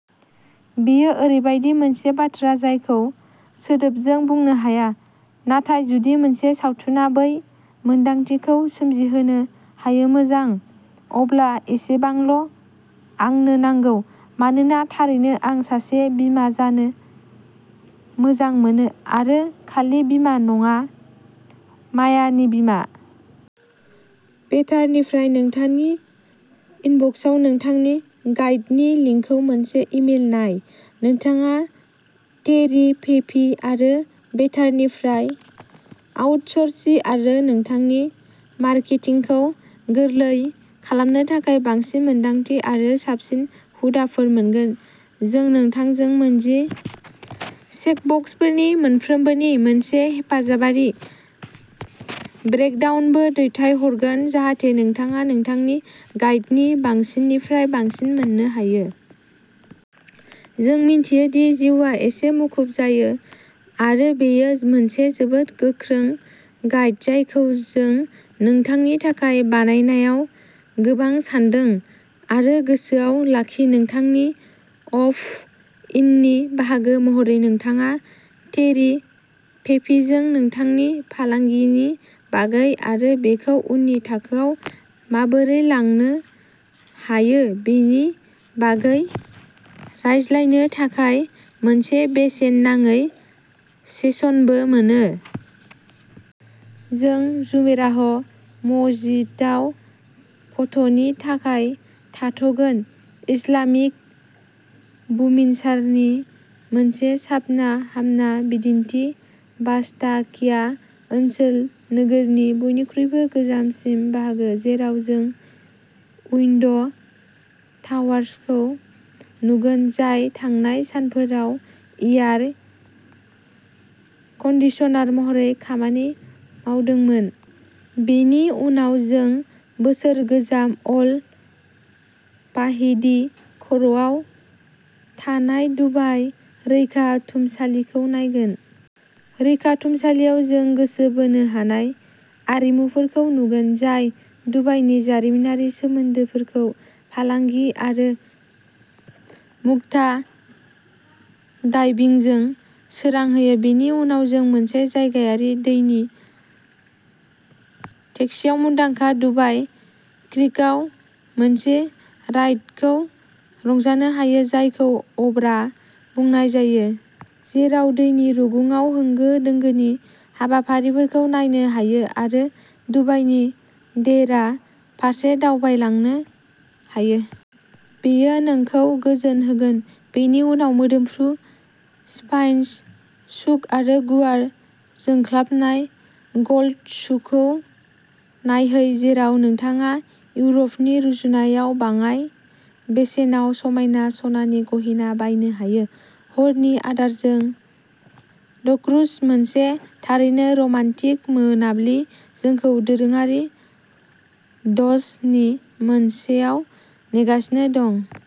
बेयो ओरैबायदि मोनसे बाथ्रा जायखौ सोदोबजों बुंनो हाया। नाथाय जुदि मोनसे सावथुना बै मोनदांथिखौ सोमजिहोनो हायोमोजां, अब्ला एसेबांल'। आंनो नांगौ। मानोना, थारैनो, आं सासे बिमा जानो मोजां मोनो। आरो खालि बिमा नङाः मायानि बिमा। बेटार निफ्राय नोंथांनि इनबक्सआव नोंथांनि गाइडनि लिंकजों मोनसे इमेल नाय। नोंथाङा टेरि पेपि आरो बेटार निफ्राय आउटसर्सिं आरो नोंथांनि मार्केटिंखौ गोरलै खालामनो थाखाय बांसिन मोनदांथि आरो साबसिन हुदाफोर मोनगोन। जों नोंथांनो मोनजि चेकबक्सफोरनि मोनफ्रोमबोनि मोनसे हेफाजाबारि ब्रेकडाउनबो दैथायहरगोन जाहाथे नोंथाङा नोंथांनि गाइदनि बांसिननिफ्राय बांसिन मोननो हायो। जों मिथियो दि जिउआ एसे मुखुब जायो, आरो बेयो मोनसे जोबोद गोख्रों गाइड जायखौ जों नोंथांनि थाखाय बानायनायाव गोबां सानदों। आरो गोसोआव लाखि, नोंथांनि अप्ट-इननि बाहागो महरै, नोंथाङा टेरि पेपिजों नोंथांनि फालांगिनि बागै आरो बेखौ उननि थाखोआव माबोरै लांनो हायो बेनि बागै रायज्लायनो थाखाय मोनसे बेसेन नाङै सेसनबो मोनो। जों जुमेराह मस्जिदाव फट'नि थाखाय थाथ'गोन-इस्लामिक बुमिनसारनि मोनसे साबना हामना बिदिन्थि, बास्ताकिया ओनसोल-नोगोरनि बयनिख्रुइबो गोजामसिन बाहागो, जेराव जों उइन्ड टावार्सखौ नुगोन जाय थांनाय सानफोराव एयार-कन्डिसनार महरै खामानि मावदोंमोन। बेनि उनाव जों बोसोर गोजाम अल फाहिदी खरंआव थानाय दुबाइ रैखाथुमसालिखौ नायगोन। रैखाथुमसालियाव, जों गोसो बोनो हानाय आरिमुफोरखौ नुगोन, जाय दुबाइनि जारिमिनारि सोमोन्दोफोरखौ फालांगि आरो मुक्ता डाइभिंजों सोरां होयो। बेनि उनाव जों मोनसे जायगायारि दैनि टेक्सिआव मुंदांखा दुबाइ क्रीकआव मोनसे राइडखौ रंजानो हायो, जायखौ "अब्रा" बुंनाय जायो, जेराव दैनि रुगुंआव होंगो दोंगोनि हाबाफारिफोरखौ नायनो हायो आरो दुबाइनि देइरा फारसे दावगालांनो हायो। बेयो नोंखौ गोजोन होगोन। बेनि उनाव मोदोमफ्रु स्पाइस सुक आरो गुवार जोंख्लाबनाय गल्ड सुकखौ नायहै जेराव नोंथाङा इउरपनि रुजुनायाव बाङाय बेसेनाव समायना सनानि गहेना बायनो हायो। हरनि आदारजों ध'क्रुज-मोनसे थारैनो रमान्टिक मोनाबिलि जोंखौ दोरोङारि ध'स नि मोनसेयाव नेगासिनो दं।